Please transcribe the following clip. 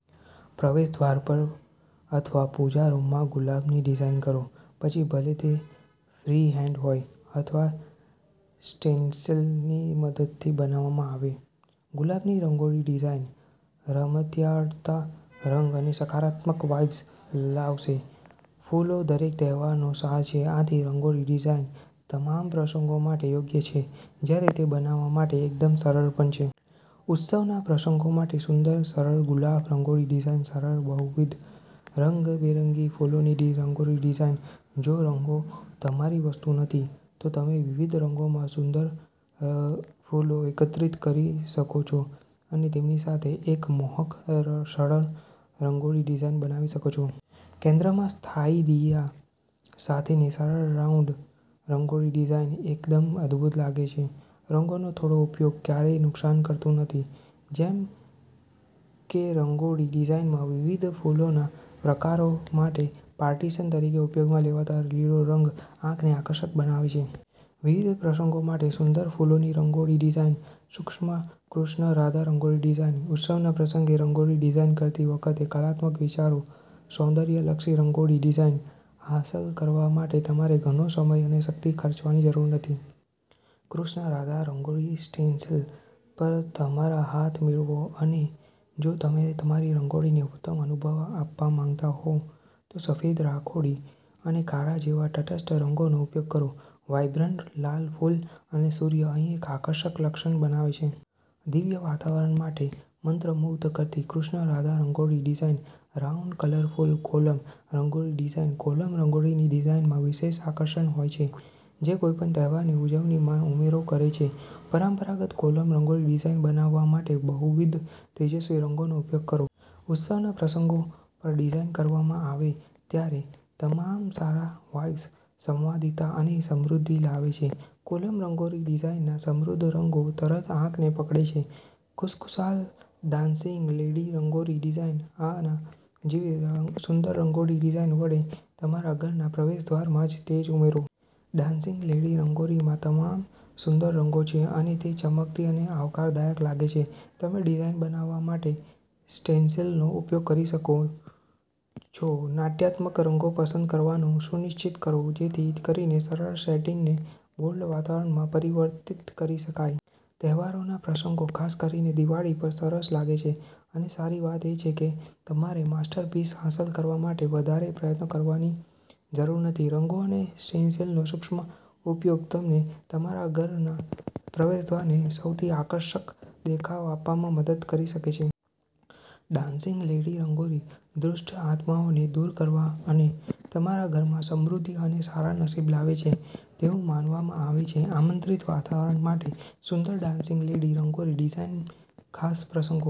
પ્રવેશદ્વાર પર અથવા પૂજા રૂમમાં ગુલાબની ડિઝાઇન કરો. પછી ભલે તે ફ્રીહેન્ડ હોય અથવા સ્ટેન્સિલની મદદથી બનાવવામાં આવે, ગુલાબની રંગોળી ડિઝાઇન રમતિયાળતા, રંગ અને સકારાત્મક વાઇબ્સ લાવશે. ફૂલોદરેક તહેવારનો સાર છે. આથી, રંગોળી ડિઝાઇન તમામ પ્રસંગો માટે યોગ્ય છે જ્યારે તે બનાવવા માટે એકદમ સરળ પણ છે. ઉત્સવના પ્રસંગો માટે સુંદર, સરળ ગુલાબ રંગોળી ડિઝાઇન સરળ બહુવિધ, રંગબેરંગી ફૂલોની રંગોળી ડિઝાઇન જો રંગો તમારી વસ્તુ નથી, તો તમે વિવિધ રંગોમાં સુંદર ફૂલો એકત્રિત કરી શકો છો અને તેમની સાથે એક મોહક, સરળ રંગોળી ડિઝાઇન બનાવી શકો છો. કેન્દ્રમાં સ્થાયી દિયા સાથેનીસરળ રાઉન્ડ રંગોળી ડિઝાઇન એકદમ અદભૂત લાગે છે. રંગોનો થોડો ઉપયોગ ક્યારેય નુકસાન કરતું નથી, જેમ કેરંગોળી ડિઝાઇનમાં. વિવિધ ફૂલોના પ્રકારો માટે પાર્ટીશન તરીકે ઉપયોગમાં લેવાતો લીલો રંગ આંખને આકર્ષક બનાવે છે. વિવિધ પ્રસંગો માટે સુંદર ફૂલોની રંગોળી ડિઝાઇન સૂક્ષ્મ કૃષ્ણ રાધા રંગોળી ડિઝાઇન ઉત્સવના પ્રસંગે રંગોળી ડિઝાઇન કરતી વખતે કલાત્મક વિચારો. સૌંદર્યલક્ષી રંગોળી ડિઝાઇન હાંસલ કરવા માટે તમારે ઘણો સમય અને શક્તિ ખર્ચવાની જરૂર નથી. કૃષ્ણ રાધા રંગોળી સ્ટેન્સિલ પર તમારા હાથ મેળવો અને જો તમે તમારી રંગોળીને ઉત્તમ અનુભવ આપવા માંગતા હોવ તો સફેદ, રાખોડી અને કાળા જેવા તટસ્થ રંગોનો ઉપયોગ કરો. વાઇબ્રન્ટ લાલ ફૂલ અને સૂર્ય અહીં એક આકર્ષક લક્ષણ બનાવે છે. દિવ્ય વાતાવરણ માટે મંત્રમુગ્ધ કરતી Krishna Radha rangoli design round colourful kolam rangoli design kolam રંગોળીની ડિઝાઇનમાં વિશેષ આકર્ષણ હોય છે જે કોઈપણ તહેવારની ઉજવણીમાં ઉમેરો કરે છે. પરંપરાગત કોલમ રંગોળી ડિઝાઇન બનાવવા માટે બહુવિધ તેજસ્વી રંગોનો ઉપયોગ કરો. ઉત્સવના પ્રસંગો પર ડિઝાઇન કરવામાં આવે ત્યારેતમામ સારા વાઇબ્સ, સંવાદિતા અને સમૃદ્ધિ લાવે છે. કોલમ રંગોળી ડિઝાઇનના સમૃદ્ધ રંગો તરતઆંખને પકડે છે ખુશખુશાલ ડાન્સિંગ લેડી રંગોળી ડિઝાઇન આના જેવી સુંદર રંગોળી ડિઝાઇન વડે તમારા ઘરના પ્રવેશદ્વારમાં તેજ ઉમેરો. ડાન્સિંગ લેડી રંગોળીમાં તમામ સુંદર રંગો છે અને તે ચમકતી અને આવકારદાયક લાગે છે. તમેડિઝાઇન બનાવવા માટે સ્ટેન્સિલનો ઉપયોગ કરી શકો છોનાટ્યાત્મક રંગો પસંદ કરવાનું સુનિશ્ચિત કરો જેથી કરીને સરળ સેટિંગને બોલ્ડ વાતાવરણમાં પરિવર્તિત કરી શકાય. તહેવારોના પ્રસંગો, ખાસ કરીને દિવાળી પર સરસ લાગે છે. અને સારી વાતછે કે તમારેમાસ્ટરપીસ હાંસલ કરવા માટે વધારે પ્રયત્નો કરવાની જરૂર નથી. રંગો અને સ્ટેન્સિલનો સૂક્ષ્મ ઉપયોગ તમને તમારા ઘરના પ્રવેશદ્વારને સૌથી આકર્ષક દેખાવ આપવામાં મદદ કરી શકે છે. ડાન્સિંગ લેડી રંગોળી દુષ્ટ આત્માઓને દૂર કરવા અને તમારા ઘરમાં સમૃદ્ધિ અને સારા નસીબ લાવે છે તેવું માનવામાં આવે છે. આમંત્રિત વાતાવરણ માટે સુંદર ડાન્સિંગ લેડી રંગોળી ડિઝાઇન ખાસ પ્રસંગો